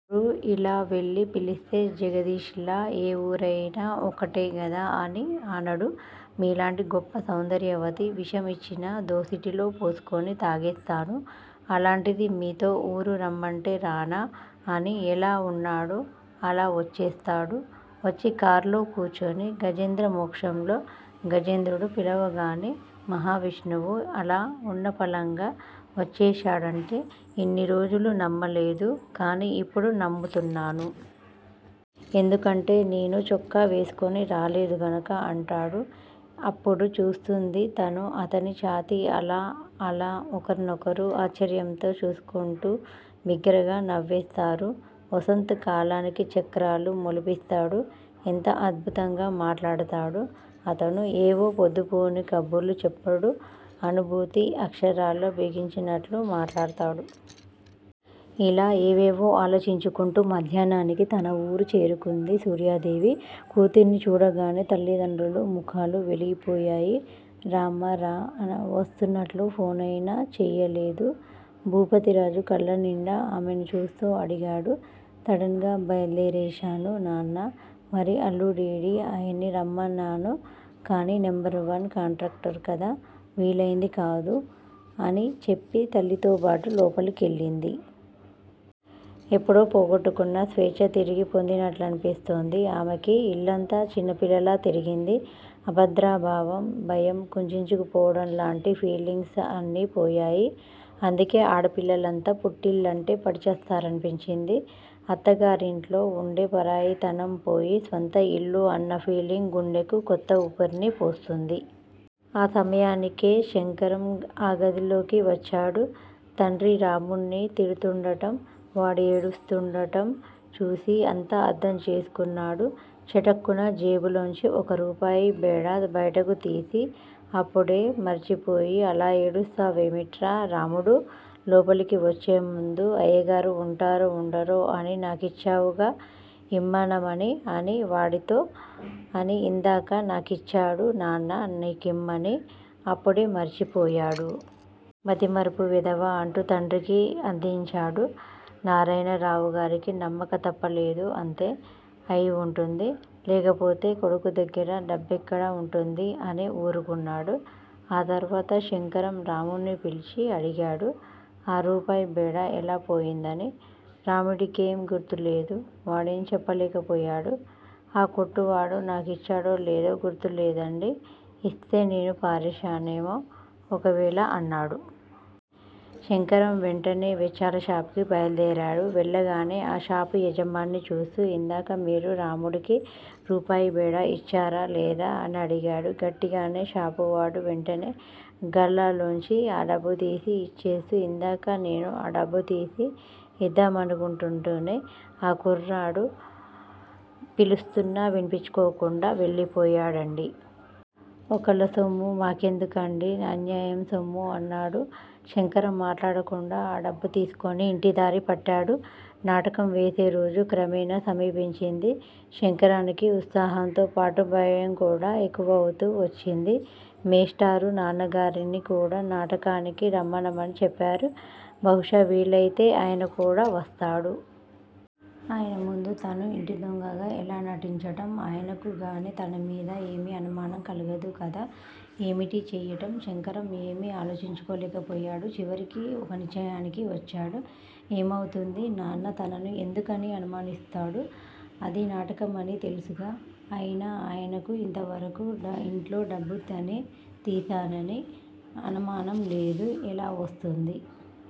ఇప్పుడు ఇలా వెళ్ళి పిలిస్తే జగదీష్ లా ఏ ఊరయినా ఒక్కటే గదా అని అనడు. మీలాంటి గొప్ప సౌందర్యవతి విషం యిచ్చినా దోసిటిలో పోసుకుని తాగేస్తాను. అలాంటిది మీతో ఊరు రమ్మంటే రానా అని ఎలా వున్నాడో అలా వచ్చేస్తాడు. వచ్చి కార్లో కూర్చుని గజేంద్ర మోక్షంలో గజేంద్రుడు పిలవగానే మహావిష్ణువు అలా ఉన్నపళంగా వచ్చేశాడంటే ఇన్ని రోజులూ నమ్మలేదు కానీ ఇప్పుడు నమ్ముతున్నాను. ఎందుకంటే నేనూ చొక్కా వేసుకుని రాలేదు గనుక అంటాడు. అప్పుడు చూస్తుంది తను అతని ఛాతీ అలా అలా ఒకరినొకరు ఆశ్చర్యంతో చూసుకుంటూ, బిగ్గరగా నవ్వేస్తారు. వసంత్ కాలానికి చక్రాలు మొలిపిస్తాడు. ఎంత అద్భుతంగా మాట్లాడతాడు అతను. ఏవో పొద్దుపోని కబుర్లు చెప్పడు. అనుభూతిని అక్షరాల్లో బిగించినట్లు మాట్లాడతాడు. ఇలా ఏవేవో ఆలోచించుకుంటూ మధ్యాహ్నానికి తన వూరు చేరుకుంది సూర్యాదేవి. కూతుర్ని చూడగానే తల్లిదండ్రుల ముఖాలు వెలిగిపోయాయి. రామ్మా! రా! వస్తున్నట్లు ఫోనైనా చేయలేదు భూపతిరాజు కళ్ళనిండా ఆమెను చూస్తూ అడిగాడు. సడన్ గా బయల్దేరేశాను నాన్నా మరి అల్లుడేడీ? ఆయన్ని రమ్మన్నాను కానీ నెంబర్ వన్ కాంట్రాక్టర్ కదా- వీలయింది కాదు అని చెప్పి తల్లితోబాటు లోపలకెళ్ళింది. ఎప్పుడో పోగొట్టుకున్న స్వేచ్చ తిరిగి పొందినట్లనిపిస్తోంది ఆమెకి. ఇల్లంతా చిన్నపిల్లలా తిరిగింది. అభద్రా భావం, భయం, కుంచించుకుపోవడంలాంటి ఫీలింగ్స్ అన్నీ పోయాయి. అందుకే ఆడపిల్లలంతా పుట్టిళ్ళంటే పడి చస్తారనిపించింది. అత్తగారింట్లో వుండే పరాయితనం పోయి స్వంత ఇల్లు అన్న ఫీలింగ్ గుండెకు కొత్త ఊపిర్ని పోస్తుంది. ఆ సమయానికే శంకరం ఆ గదిలోకి వచ్చాడు. తండ్రి రాముణ్ణి తిడుతూండటం, వాడు ఏడుస్తూండటం చూసి అంతా అర్ధంచేసుకున్నాడు. చటుక్కున జేబులోంచి ఒక రూపాయి బేడా బయటకు తీసి అప్పుడే మరిచిపోయి అలా ఏడుస్తావేమిట్రా రాముడూ! లోపలికి వచ్చేముందు అయ్యగారు వుంటారో వుండరో అని నాకిచ్చావుగా ఇమ్మనమని అని వాడితో అని ఇందాక నాకిచ్చాడు నాన్నా నీకిమ్మని, అప్పుడే మరిచిపోయాడు. మతిమరుపు వెధవ! అంటూ తండ్రికి అందిచ్చాడు. నారాయణరావుగారికి నమ్మక తప్పలేదు. అంతే అయివుంటుంది లేకపోతే కొడుకుదగ్గర డబ్బెక్కడ వుంటుంది? అని వూరుకున్నాడు. ఆ తర్వాత శంకరం, రాముడ్ని పిలిచి అడిగాడు ఆ రూపాయి బేడా ఎలా పోయిందని రాముడికేం గుర్తులేదు. వాడేం చెప్పలేకపోయాడు. ఆ కొట్టువాడు నాకిచ్చాడో లేదో గుర్తులేదండి ఇస్తే నేను పారేశానేమో ఒకవేళ అన్నాడు. శంకరం వెంటనే వెచ్చాలషాపుకి బయల్దేరాడు. వెళ్ళగానే ఆ షాపు యజమాన్ని చూస్తూ ఇందాక మీరు రాముడికి రూపాయి బేడా యిచ్చారా లేదా? అనడిగాడు గట్టిగానే షాపువాడు వెంటనే గల్లాలోంచి ఆ డబ్బుతీసి యిచ్చేస్తూ, ఇందాక నేను ఆ డబ్బు తీసి యిద్దామనుకుంటుంటేనే ఆ కుర్రాడు పిలుస్తున్నా వినిపించుకోకుండా వెళ్ళిపోయాడండి. ఒకళ్ళ సొమ్ము మా కెందుకండీ? అన్యాయం సొమ్ము అన్నాడు. శంకరం మాట్లాడకుండా ఆ డబ్బు తీసుకుని యింటిదారి పట్టాడు. నాటకం వేసేరోజు క్రమేణా సమీపించింది. శంకరానికి ఉత్సాహంతో పాటు భయంకూడా ఎక్కువవుతూ వచ్చింది. మేష్టారు నాన్నగారిని కూడా నాటకానికి రమ్మనమని చెప్పారు. బహుశా వీలైతే ఆయనకూడా వస్తాడు. ఆయన ముందు తను ఇంటిదొంగగా ఎలా నటించటం? ఆయనకుగాని తనమీద ఏమీ అనుమానం కలగదు కదా! ఏమిటి చెయ్యటం? శంకరం ఏమీ ఆలోచించుకోలేకపోయాడు. చివరికి ఒక నిశ్చయానికి వచ్చాడు. ఏమవుతుంది? నాన్న తనను ఎందుకని అనుమానిస్తాడు? అది నాటకమని తెలుసుగా? అయినా ఆయనకు యింతవరకూ యింట్లో డబ్బు తనే తీశానని అనుమానం లేదు. ఎలా వస్తుంది?